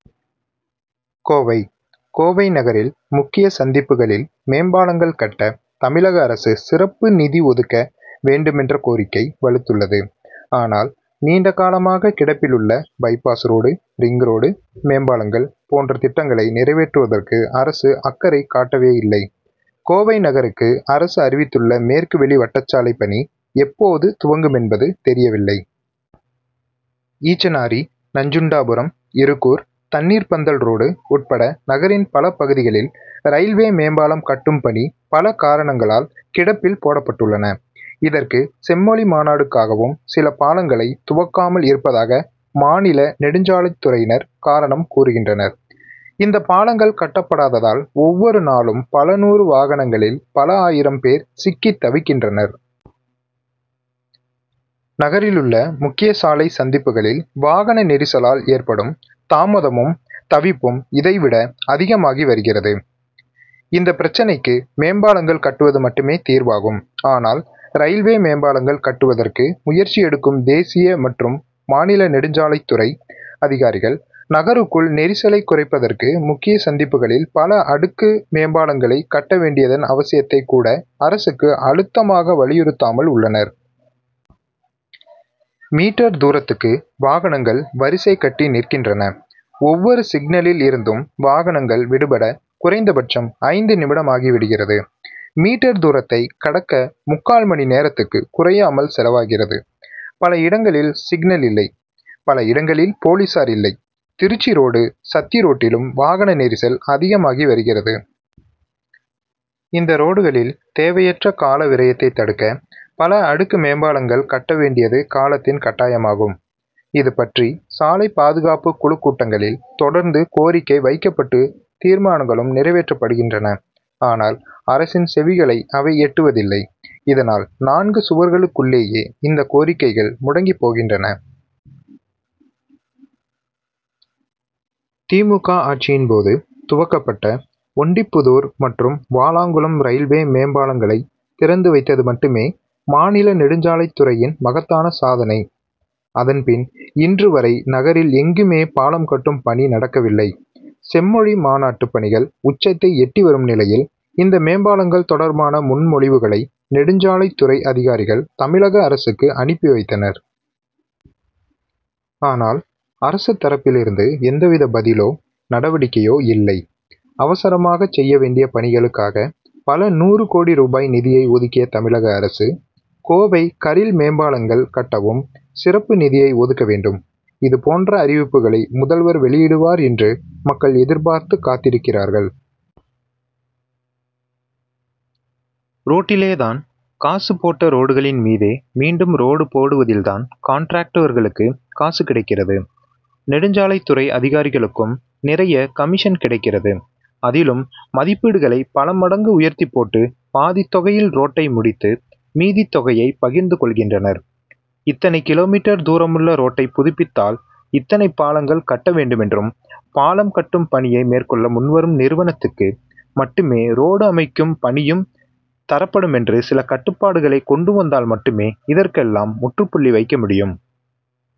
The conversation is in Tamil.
கோவை கோவை நகரில், முக்கிய சந்திப்புகளில் மேம்பாலங்கள் கட்ட, தமிழக அரசு சிறப்பு நிதி ஒதுக்க வேண்டுமென்ற கோரிக்கை வலுத்துள்ளது. ஆனால், நீண்ட காலமாக கிடப்பிலுள்ள பை-பாஸ் ரோடு, ரிங் ரோடு, மேம்பாலங்கள் போன்ற திட்டங்களை நிறைவேற்றுவதற்கு அரசு அக்கறை காட்டவேயில்லை. கோவை நகருக்கு அரசு அறிவித்துள்ள மேற்கு வெளி வட்டச்சாலை பணி எப்போது துவங்குமென்பது தெரியவில்லை. ஈச்சனாரி, நஞ்சுண்டாபுரம், இருகூர், தண்ணீர்ப்பந்தல் ரோடு உட்பட நகரின் பல பகுதிகளில், ரயில்வே மேம்பாலம் கட்டும் பணி, பல காரணங்களால் கிடப்பில் போடப் பட்டுள்ளன. இதற்கு, செம்மொழி மாநாடுக்காகவும் சில பாலங்களைத் துவக்காமல் இருப்பதாக, மாநில நெடுஞ்சாலைத்துறையினர் காரணம் கூறுகின்றனர். இந்த பாலங்கள் கட்டப்படாததால், ஒவ்வொரு நாளும் பல நூறு வாகனங்களில், பல ஆயிரம் பேர் சிக்கித் தவிக்கின்றனர். நகரிலுள்ள முக்கிய சாலை சந்திப்புகளில் வாகன நெரிசலால் ஏற்படும் தாமதமும், தவிப்பும் இதைவிட அதிகமாகி வருகிறது; இந்த பிரச்சனைக்கு மேம்பாலங்கள் கட்டுவது மட்டுமே தீர்வாகும். ஆனால், ரயில்வே மேம்பாலங்கள் கட்டுவதற்கு முயற்சி எடுக்கும் தேசிய மற்றும் மாநில நெடுஞ்சாலைத் துறை அதிகாரிகள், நகருக்குள் நெரிசலைக் குறைப்பதற்கு, முக்கிய சந்திப்புகளில் பல அடுக்கு மேம்பாலங்களைக் கட்ட வேண்டியதன் அவசியத்தைக் கூட, அரசுக்கு அழுத்தமாக வலியுறுத்தாமல் உள்ளனர். மீட்டர்., தூரத்துக்கு வாகனங்கள் வரிசை கட்டி நிற்கின்றன. ஒவ்வொரு சிக்னலில் இருந்தும் வாகனங்கள் விடுபட குறைந்தபட்சம் ஐந்து நிமிடமாகி விடுகிறது. மீட்டர், தூரத்தைக் கடக்க, முக்கால் மணி நேரத்துக்குக் குறையாமல் செலவாகிறது. பல இடங்களில் சிக்னல் இல்லை; பல இடங்களில் போலீசார் இல்லை. திருச்சி ரோடு, சத்தி ரோட்டிலும் வாகன நெரிசல் அதிகமாகி வருகிறது. இந்த ரோடுகளில் தேவையற்ற கால விரயத்தைத் தடுக்க, பல அடுக்கு மேம்பாலங்கள் கட்டவேண்டியது காலத்தின் கட்டாயமாகும். இதுபற்றி சாலை பாதுகாப்புக் குழுக் கூட்டங்களில், தொடர்ந்து கோரிக்கை வைக்கப்பட்டு, தீர்மானங்களும் நிறைவேற்றப்படுகின்றன. ஆனால், அரசின் செவிகளை அவை எட்டுவதில்லை. இதனால், நான்கு சுவர்களுக்குள் ளேயே இந்த கோரிக்கைகள் முடங்கிப் போகின்றன. தி. மு. க., ஆட்சியின்போது, துவக்கப்பட்ட ஒண்டிப்புதூர் மற்றும் வாலாங்குளம் ரயில்வே மேம் பாலங்களைத் திறந்து வைத்தது மட்டுமே, மாநில நெடுஞ்சாலைத்துறையின் மகத்தான சாதனை. அதன்பின், இன்று வரை நகரில் எங்குமே பாலம் கட்டும் பணி நடக்கவில்லை. செம்மொழி மாநாட்டுப் பணிகள் உச்சத்தை எட்டி வரும் நிலையில், இந்த மேம்பாலங்கள் தொடர்பான முன்மொழிவுகளை நெடுஞ்சாலைத் துறை அதிகாரிகள், தமிழக அரசுக்கு அனுப்பி வைத்தனர். ஆனால், அரசு தரப்பிலிருந்து எந்த வித பதிலோ, நடவடிக்கையோ இல்லை. அவசரமாகச் செய்ய வேண்டிய பணிகளுக்காக பல நூறு கோடி ரூபாய் நிதியை ஒதுக்கிய தமிழக அரசு, கோவை கரில் மேம்பாலங்கள் கட்டவும் சிறப்பு நிதியை ஒதுக்க வேண்டும். இது போன்ற அறிவிப்புகளை முதல்வர் வெளியிடுவார் என்று மக்கள் எதிர்பார்த்துக் காத்திருக்கிறார்கள். ரோட்டிலேதான் காசு போட்ட ரோடுகளின் மீதே மீண்டும் ரோடு போடுவதில்தான் கான்ட்ராக்டர்களுக்கு காசு கிடைக்கிறது; நெடுஞ்சாலைத்துறை அதிகாரிகளுக்கும் நிறைய கமிஷன் கிடைக்கிறது. அதிலும் மதிப்பீடுகளை பல மடங்கு உயர்த்திப் போட்டு, பாதித் தொகையில் ரோட்டை முடித்து, மீதித்தொகையை பகிர்ந்து கொள்கின்றனர். இத்தனை கிலோ மீட்டர்., தூரமுள்ள ரோட்டைப் புதுப்பித்தால், இத்தனை பாலங்கள் கட்ட வேண்டுமென்றும், பாலம் கட்டும் பணியை மேற்கொள்ள முன் வரும் நிறுவனத்துக்கு மட்டுமே ரோடு அமைக்கும் பணியும் தரப்படுமென்று சில கட்டுப்பாடுகளைக் கொண்டு வந்தால் மட்டுமே இதற்கெல்லாம் முற்றுப்புள்ளி வைக்க முடியும்.